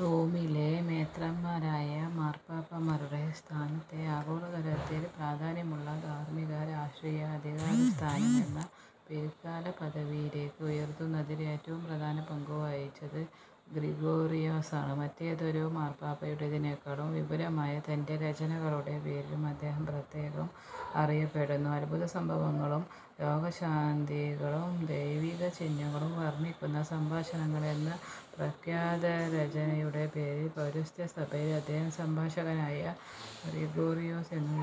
റോമിലെ മെത്രാന്മാരായ മാർപ്പാപ്പാമാരുടെ സ്ഥാനത്തെ, ആഗോളതലത്തിൽ പ്രാധാന്യമുള്ള ധാർമ്മിക-രാഷ്ട്രീയ അധികാരസ്ഥാനമെന്ന പിൽക്കാലപദവിയിലേയ്ക്ക് ഉയർത്തുന്നതിൽ ഏറ്റവും പ്രധാന പങ്കുവഹിച്ചത് ഗ്രിഗോറിയോസാണ്. മറ്റേതൊരു മാർപ്പാപ്പായുടേതിനേക്കാളും വിപുലമായ തന്റെ രചനകളുടെ പേരിലും അദ്ദേഹം പ്രത്യേകം അറിയപ്പെടുന്നു. അത്ഭുതസംഭവങ്ങളും രോഗശാന്തികളും ദൈവികചിഹ്നങ്ങളും വർണ്ണിക്കുന്ന "സംഭാഷണങ്ങൾ" എന്ന പ്രഖ്യാതരചനയുടെ പേരിൽ, പൗരസ്ത്യസഭയിൽ അദ്ദേഹം സംഭാഷകനായ ഗ്രിഗോറിയോസ് എന്നും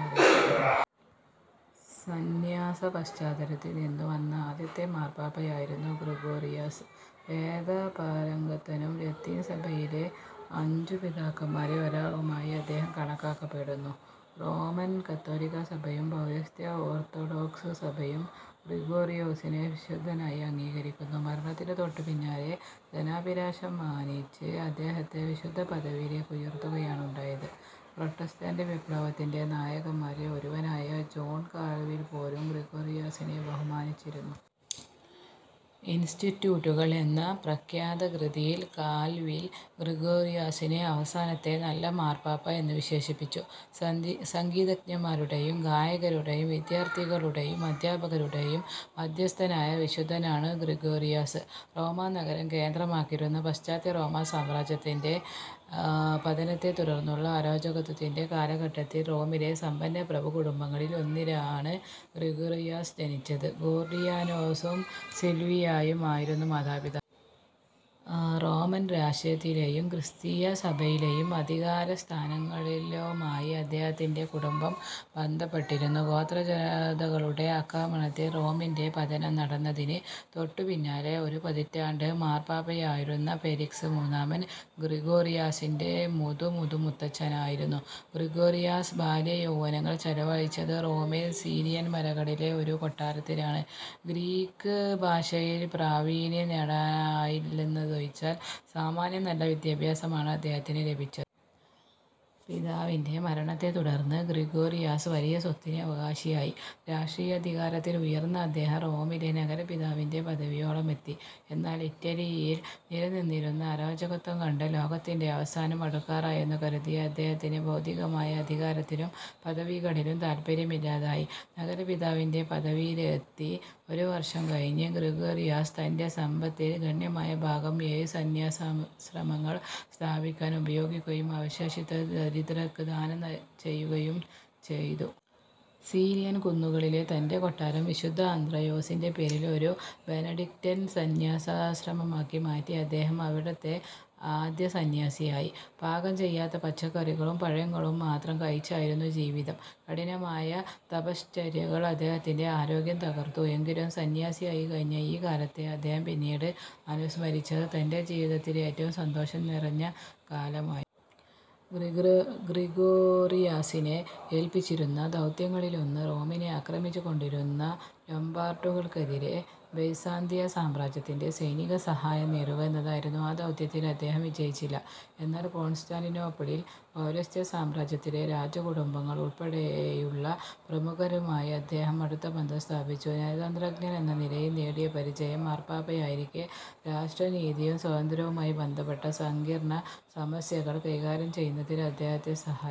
സന്യാസപശ്ചാത്തലത്തിൽ നിന്നു വന്ന ആദ്യത്തെ മാർപ്പാപ്പയായിരുന്നു ഗ്രിഗോറിയോസ്. വേദപാരംഗതനും, ലത്തീൻ സഭയിലെ അഞ്ചു പിതാക്കന്മാരിൽ ഒരാളുമായി അദ്ദേഹം കണക്കാക്കപ്പെടുന്നു. റോമൻ കത്തോലിക്കാ സഭയും പൗരസ്ത്യ ഓർത്തൊഡോക്സ് സഭയും ഗ്രിഗോറിയോസിനെ വിശുദ്ധനായി അംഗീകരിക്കുന്നു. മരണത്തിനു തൊട്ടുപിന്നാലെ, ജനാഭിലാഷം മാനിച്ച് അദ്ദേഹത്തെ വിശുദ്ധപദവിയിലേയ്ക്കുയർത്തുകയാണുണ്ടായത്. പ്രൊട്ടസ്റ്റന്റ് വിപ്ലവത്തിന്റെ നായകന്മാരിൽ ഒരുവനായ ജോൺ കാൽവിൽ പോലും ഗ്രിഗോറിയോസിനെ ബഹുമാനിച്ചിരുന്നു. "ഇൻസ്റ്റിട്യൂട്ടുകൾ" എന്ന പ്രഖ്യാതകൃതിയിൽ കാൽവിൽ ഗ്രിഗോറിയോസിനെ, "അവസാനത്തെ നല്ല മാർപ്പാപ്പ" എന്നു വിശേഷിപ്പിച്ചു. സംഗീതജ്ഞന്മാരുടേയും, ഗായകരുടേയും, വിദ്യാർത്ഥികളുടേയും, അദ്ധ്യാപകരുടേയും മദ്ധ്യസ്ഥനായ വിശുദ്ധനാണ് ഗ്രിഗോറിയോസ്. റോമാ നഗരം കേന്ദ്രമാക്കിയിരുന്ന പാശ്ചാത്യറോമാസാമ്രാജ്യത്തിന്റെ പതനത്തെ തുടർന്നുള്ള അരാജകത്വത്തിന്റെ കാലഘട്ടത്തിൽ റോമിലെ സമ്പന്ന പ്രഭുകുടുംബങ്ങളിൽ ഒന്നിലാണ് ഗ്രിഗോറിയോസ് ജനിച്ചത്. ഗോർഡിയാനോസും സിൽവിയായും ആയിരുന്നു മാതാപിതാക്കൾ. റോമൻ രാഷ്ടീയത്തിലേയും ക്രിസ്തീയസഭയിലേയും അധികാരസ്ഥാനങ്ങളുമായി അദ്ദേഹത്തിന്റെ കുടുംബം ബന്ധപ്പെട്ടിരുന്നു. ഗോത്രജനതകളുടെ ആക്രമണത്തിൽ റോമിന്റെ പതനം നടന്നതിന് തൊട്ടുപിന്നാലെ ഒരു പതിറ്റാണ്ട് മാർപ്പാപ്പയായിരുന്ന ഫെലിക്സ് മൂന്നാമൻ ഗ്രിഗോറിയോസിന്റെ മുതു-മുതു-മുത്തച്ഛനായിരുന്നു. ഗ്രിഗോറിയോസ് ബാല്യയൗവനങ്ങൾ ചെലവഴിച്ചത് റോമിൽ സീലിയൻ മലകളിലെ ഒരു കൊട്ടാരത്തിലാണ്. ഗ്രീക്ക് ഭാഷയിൽ പ്രാവീണ്യം നേടാനായില്ലെന്നതൊഴിച്ചാൽ സാമാന്യം നല്ല വിദ്യാഭ്യാസമാണ് അദ്ദേഹത്തിന് ലഭിച്ചത്. പിതാവിന്റെ മരണത്തെ തുടർന്ന് ഗ്രിഗോറിയോസ് വലിയ സ്വത്തിന് അവകാശിയായി. രാഷ്ട്രീയാധികാരത്തിൽ ഉയർന്ന അദ്ദേഹം റോമിലെ നഗരപിതാവിന്റെ പദവിയോളമെത്തി. എന്നാൽ, ഇറ്റലിയിൽ നിലനിന്നിരുന്ന അരാജകത്വം കണ്ട് ലോകത്തിന്റെ അവസാനം അടുക്കാറായെന്നു കരുതിയ അദ്ദേഹത്തിന് ഭൗതികമായ അധികാരത്തിലും പദവികളിലും താത്പര്യമില്ലാതായി. നഗരപിതാവിന്റെ പദവിയിലെത്തി ഒരു വർഷം കഴിഞ്ഞ് ഗ്രിഗോറിയോസ് തന്റെ സമ്പത്തിൽ ഗണ്യമായ ഭാഗം ഏഴു സന്യാസാശ്രമങ്ങൾ സ്ഥാപിക്കാൻ ഉപയോഗിക്കുകയും അവശേഷിച്ചത് ദരിദ്രർക്ക് ദാനം ചെയ്യുകയും ചെയ്തു. സീലിയൻ കുന്നുകളിലെ തന്റെ കൊട്ടാരം വിശുദ്ധ അന്ത്രയോസിന്റെ പേരിൽ ഒരു ബെനഡിക്ടൻ സന്യാസാശ്രമമാക്കി മാറ്റി അദ്ദേഹം അവിടത്തെ ആദ്യസന്യാസിയായി. പാകം ചെയ്യാത്ത പച്ചക്കറികളും പഴങ്ങളും മാത്രം കഴിച്ചായിരുന്നു ജീവിതം. കഠിനമായ തപശ്ചര്യകൾ അദ്ദേഹത്തിന്റെ ആരോഗ്യം തകർത്തു. എങ്കിലും സന്യാസിയായി കഴിഞ്ഞ ഈ കാലത്തെ അദ്ദേഹം പിന്നീട് അനുസ്മരിച്ചത്, തന്റെ ജീവിതത്തിലെ ഏറ്റവും സന്തോഷം നിറഞ്ഞ കാലമായ് ഗ്രിഗോറിയോസിനെ ഏല്പിച്ചിരുന്ന ദൗത്യങ്ങളിലൊന്ന് റോമിനെ ആക്രമിച്ചുകൊണ്ടിരുന്ന ലൊംബാർഡുകൾക്കെതിരെ ബൈസാന്തിയ സാമ്രാജ്യത്തിന്റെ സൈനിക സഹായം നേടുക എന്നതായിരുന്നു. ആ ദൗത്യത്തിൽ അദ്ദേഹം വിജയിച്ചില്ല. എന്നാൽ, കോൺസ്റ്റാന്റിനോപ്പിളിൽ, പൗരസ്ത്യസാമ്രാജ്യത്തിലെ രാജകുടുംബാംഗങ്ങൾ ഉൾപ്പെടെയുള്ള പ്രമുഖരുമായി അദ്ദേഹം അടുത്ത ബന്ധം സ്ഥാപിച്ചു. നയതന്ത്രജ്ഞനെന്ന നിലയിൽ നേടിയ പരിചയം മാർപ്പാപ്പയായിരിക്കെ രാഷ്ട്രനീതിയും സ്വതന്ത്ര്യവുമായി ബന്ധപ്പെട്ട സങ്കീർണ്ണസമസ്യകൾ കൈകാര്യം ചെയ്യുന്നതിൽ അദ്ദേഹത്തെ സഹായി